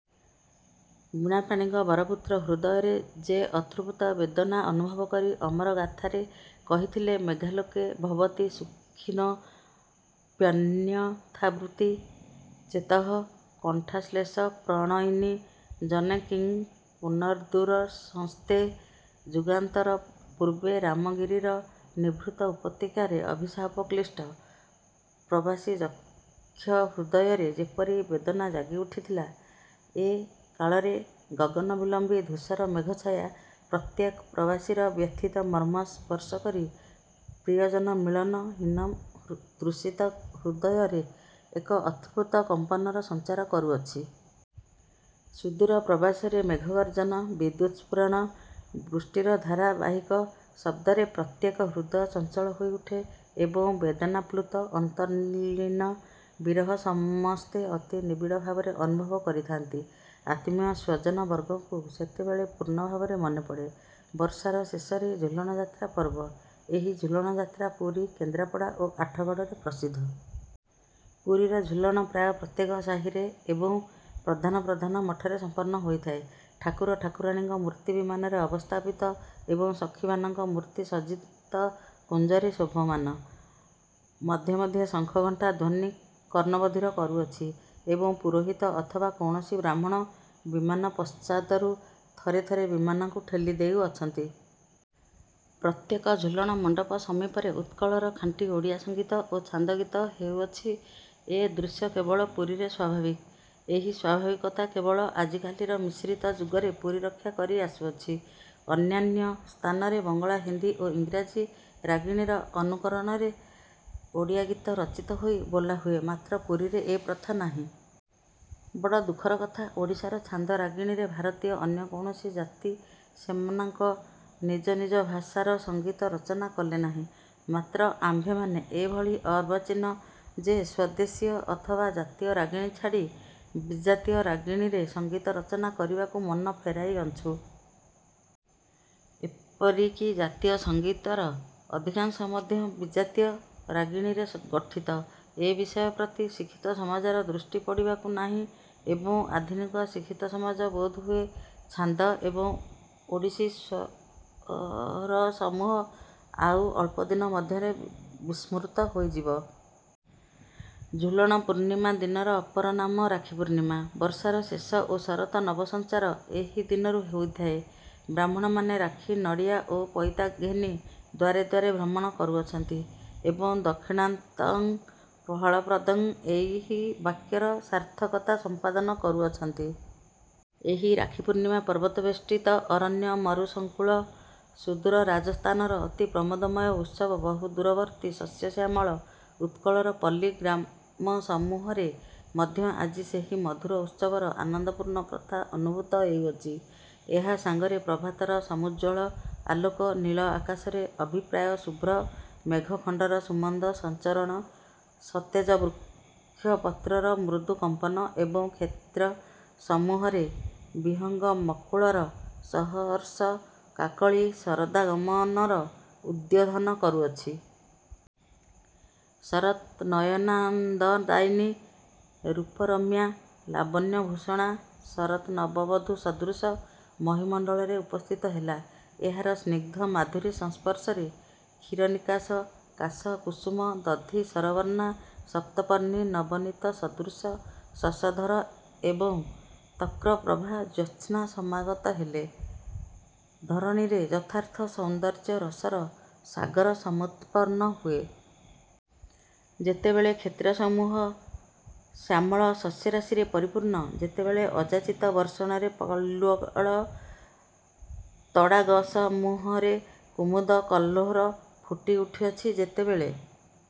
ବୀଣାପାଣିଙ୍କ ବରପୁତ୍ର ହୃଦୟରେ ଯେ ଅତୃପ୍ତ ବେଦନା ଅନୁଭବ କରି ଅମର ଗାଥାରେ କହିଥିଲେ ମେଘାଲୋକେ ଭବତି ସୁଖିନୋ ପ୍ୟନ୍ୟଥାବୃତ୍ତି ଚେତଃ କଣ୍ଠାଶ୍ଳେଷ ପ୍ରଣୟିନି ଜନେ କିଂ ପୁନର୍ଦୂରସଂସ୍ଥେ। ଯୁଗାନ୍ତର ପୂର୍ବେ ରାମଗିରିର ନିଭୃତ ଉପତ୍ୟକାରେ ଅଭିଶାପକ୍ଳିଷ୍ଟ ପ୍ରବାସୀ ଯକ୍ଷ ହୃଦୟରେ ଯେପରି ବେଦନା ଜାଗି ଉଠିଥିଲା, ଏ କାଳରେ ଗଗନବିଲମ୍ବୀ ଧୂସର ମେଘଚ୍ଛାୟା ପ୍ରତ୍ୟେକ ପ୍ରବାସିର ବ୍ୟଥିତ ମର୍ମ୍ମ ସ୍ପର୍ଶ କରି ପ୍ରିୟଜନମିଳନ ହୀନ ତୃଷିତ ହୃଦୟରେ ଏକ ଅତୃପ୍ତ କମ୍ପନର ସଞ୍ଚାର କରୁଅଛି। ସୁଦୂର ପ୍ରବାସରେ ମେଘଗର୍ଜନ, ବିଦ୍ୟୁତ୍ସ୍ଫରଣ, ବୃଷ୍ଟିର ଧାରାବାହିକ ଶବ୍ଦରେ ପ୍ରତ୍ୟେକ ହୃଦୟ ଚଞ୍ଚଳ ହୋଇ ଉଠେ ଏବଂ ବେଦନାପ୍ଳୁତ ଅନ୍ତର୍ଲୀନ ବିରହ ସମସ୍ତେ ଅତି ନିବିଡ଼ଭାବରେ ଅନୁଭବ କରିଥାନ୍ତି। ଆତ୍ମୀୟ ସ୍ୱଜନବର୍ଗଙ୍କୁ ସେତେବେଳେ ପୂର୍ଣ୍ଣଭାବରେ ମନେ ପଡ଼େ। ବର୍ଷାର ଶେଷରେ ଝୁଲଣ ଯାତ୍ରା ପର୍ବ। ଏହି ଝୁଲଣଯାତ୍ରା ପୁରୀ, କେନ୍ଦ୍ରାପଡ଼ା ଓ ଆଠଗଡ଼ରେ ପ୍ରସିଦ୍ଧ। ପୁରୀର ଝୁଲଣ ପ୍ରାୟ ପ୍ରତ୍ୟେକ ସାହୀରେ ଏବଂ ପ୍ରଧାନ ପ୍ରଧାନ ମଠରେ ସମ୍ପନ୍ନ ହୋଇଥାଏ। ଠାକୁର ଠାକୁରାଣୀଙ୍କ ମୂର୍ତ୍ତି ବିମାନରେ ଅବସ୍ଥାପିତ ଏବଂ ସଖୀମାନଙ୍କ ମୂର୍ତ୍ତି ସଜ୍ଜିତ କୁଞ୍ଜରେ ଶୋଭମାନ। ମଧ୍ୟେ ମଧ୍ୟେ ଶଙ୍ଖ ଘଣ୍ଟା ଧ୍ୱନି କର୍ଣ୍ଣ ବଧିର କରୁଅଛି ଏବଂ ପୁରୋହିତ ଅଥବା କୌଣସି ବ୍ରାହ୍ମଣ ବିମାନ ପଶ୍ଚାତରୁ ଥରେ ଥରେ ବିମାନକୁ ଠେଲି ଦେଉଅଛନ୍ତି। ପ୍ରତ୍ୟେକ ଝୁଲଣ ମଣ୍ଡପ ସମୀପରେ ଉତ୍କଳର ଖାଣ୍ଟି ଓଡ଼ିଆ ସଙ୍ଗୀତ ଓ ଛାନ୍ଦ ଗୀତ ହେଉଅଛି ଏ ଦୃଶ୍ୟ କେବଳ ପୁରୀରେ ସ୍ୱାଭାବିକ। ଏହି। ସ୍ୱାଭାବିକତା କେବଳ ଆଜିକାଲିକାର ମିଶ୍ରିତ ଯୁଗରେ ପୁରୀ ରକ୍ଷା କରି ଆସୁଅଛି, ଅନ୍ୟାନ୍ୟ ସ୍ଥାନରେ ବଙ୍ଗଳା ହିନ୍ଦୀ ଓ ଇଂରାଜୀ ରାଗିଣୀର ଅନୁକରଣରେ ଓଡ଼ିଆ ଗୀତ ରଚିତ ହୋଇ ବୋଲା ହୁଏ, ମାତ୍ର ପୁରୀରେ ଏ ପ୍ରଥା ନାହିଁ। ବଡ଼ ଦୁଃଖର କଥା ଓଡ଼ିଶାର ଛାନ୍ଦ ରାଗିଣୀରେ ଭାରତୀୟ ଅନ୍ୟ କୌଣସି ଜାତି ସେମାନଙ୍କ ନିଜ ନିଜ ଭାଷାର ସଙ୍ଗୀତ ରଚନା କଲେ ନାହିଁ, ମାତ୍ର ଆମ୍ଭେମାନେ ଏ ଭଳି ଅର୍ବାଚୀନ ଯେ ସ୍ୱଦେଶୀୟ ଅଥବା ଜାତୀୟ ରାଗିଣୀ ଛାଡ଼ି ବିଜାତୀୟ ରାଗିଣୀରେ ସଙ୍ଗୀତ ରଚନା କରିବାକୁ ମନ ଫେରାଇଅଛୁଁ। ଏପରି କି ଜାତୀୟ ସଙ୍ଗୀତର ଅଧିକାଂଶ ମଧ୍ୟ ବିଜାତୀୟ ରାଗିଣୀରେ ଗଠିତ। ଏ ବିଷୟ ପ୍ରତି ଶିକ୍ଷିତ ସମାଜର ଦୃଷ୍ଟି ପଡ଼ିବାକୁ ନାହିଁ ଏବଂ ଆଧୁନିକ ଶିକ୍ଷିତସମାଜ ବୋଧ ହୁଏ ଛାନ୍ଦ ଏବଂ ଓଡ଼ିଶୀ ସ୍ୱରସମୂହ ଆଉ ଅଳ୍ପ ଦିନ ମଧ୍ୟରେ ବିସ୍ମୃତ ହୋଇ ଯିବ। ଝୁଲଣ ପୂର୍ଣ୍ଣିମା ଦିନର ଅପର ନାମ ରାଖି ପୂର୍ଣ୍ଣିମା। ବର୍ଷାର ଶେଷ ଓ ଶରତ ନବ ସଞ୍ଚାର ଏହି ଦିନରୁ ହୋଇଥାଏ। ବ୍ରାହ୍ମଣମାନେ ରାଖି ନଡ଼ିଆ ଓ ପଇତା ଘେନି ଦ୍ୱାରେ ଦ୍ୱାରେ ଭ୍ରମଣ କରୁଅଛନ୍ତି ଏବଂ ଦକ୍ଷିଣାନ୍ତଂ ଫଳପ୍ରଦଂ ଏହି ବାକ୍ୟର ସାର୍ଥକତା ସମ୍ପାଦନ କରୁଅଛନ୍ତି। ଏହି ରାଖି ପୂର୍ଣ୍ଣିମା ପର୍ବତବେଷ୍ଟିତ ଅରଣ୍ୟମରୁସଙ୍କୁଳ ସୁଦୂର ରାଜସ୍ଥାନର ଅତି ପ୍ରମୋଦମୟ ଉତ୍ସବ ବହୁଦୂରବର୍ତ୍ତୀ ଶସ୍ୟଶ୍ୟାମଳ ଉତ୍କଳର ପଲ୍ଲୀଗ୍ରାମସମୂହରେ ମଧ୍ୟ ଆଜି ସେହି ମଧୁର ଉତ୍ସବର ଆନନ୍ଦପୂର୍ଣ୍ଣ ପ୍ରଥା ଅନୁଭୂତ ହେଉଅଛି। ଏହା ସାଙ୍ଗରେ ପ୍ରଭାତର ସମୂଜ୍ଜ୍ୱଳ ଆଲୋକ, ନୀଳ ଆକାଶରେ ଅଭିପ୍ରାୟ ଶୁଭ୍ର ମେଘଖଣ୍ଡର ସୁମନ୍ଦ ସଞ୍ଚରଣ, ସତେଜ ବୃକ୍ଷପତ୍ରର ମୃଦୁ କମ୍ପନ ଏବଂ କ୍ଷେତ୍ରସମୂହରେ ବିହଙ୍ଗମକୁଳର ସହର୍ଷ କାକଳୀ ଶରଦାଗମନର ଉଦ୍ବୋଧନ କରୁଅଛି। ଶରତ୍ ନୟନାନନ୍ଦଦାୟିନୀ ରୂପରମ୍ୟା, ଲାବଣ୍ୟଭୂଷଣା ଶରତ୍ ନବବଧୂ ସଦୃଶ ମହୀମଣ୍ଡଳରେ ଉପସ୍ଥିତ ହେଲା। ଏହାର ସ୍ନିଗ୍ଧ ମାଧୁରୀ ସଂସ୍ପର୍ଶରେ କ୍ଷୀରନିକାଶ କାଶକୁସୁମ ଦଧି ସରବର୍ଣ୍ଣା ସପ୍ତପର୍ଣ୍ଣୀ, ନବନୀତ ସଦୃଶ ଶଶଧର ଏବଂ ତକ୍ର ପ୍ରଭା ଜ୍ୟୋତ୍ସ୍ନା ସମାଗତ ହେଲେ ଧରଣୀରେ ଯଥାର୍ଥ ସୌନ୍ଦର୍ଯ୍ୟରସର ସାଗର ସମୁତ୍ପନ୍ନ ହୁଏ। ଯେତେବେଳେ କ୍ଷେତ୍ରସମୂହ ଶ୍ୟାମଳ ଶସ୍ୟରାଶିରେ ପରିପୂର୍ଣ୍ଣ, ଯେତେବେଳେ ଅଯାଚିତ ବର୍ଷଣରେ ପଲ୍ୱଳ ତଡ଼ାଗସମୂହରେ କୁମୁଦ କହ୍ଲୋର ଫୁଟି ଉଠିଅଛି ଯେତେବେଳେ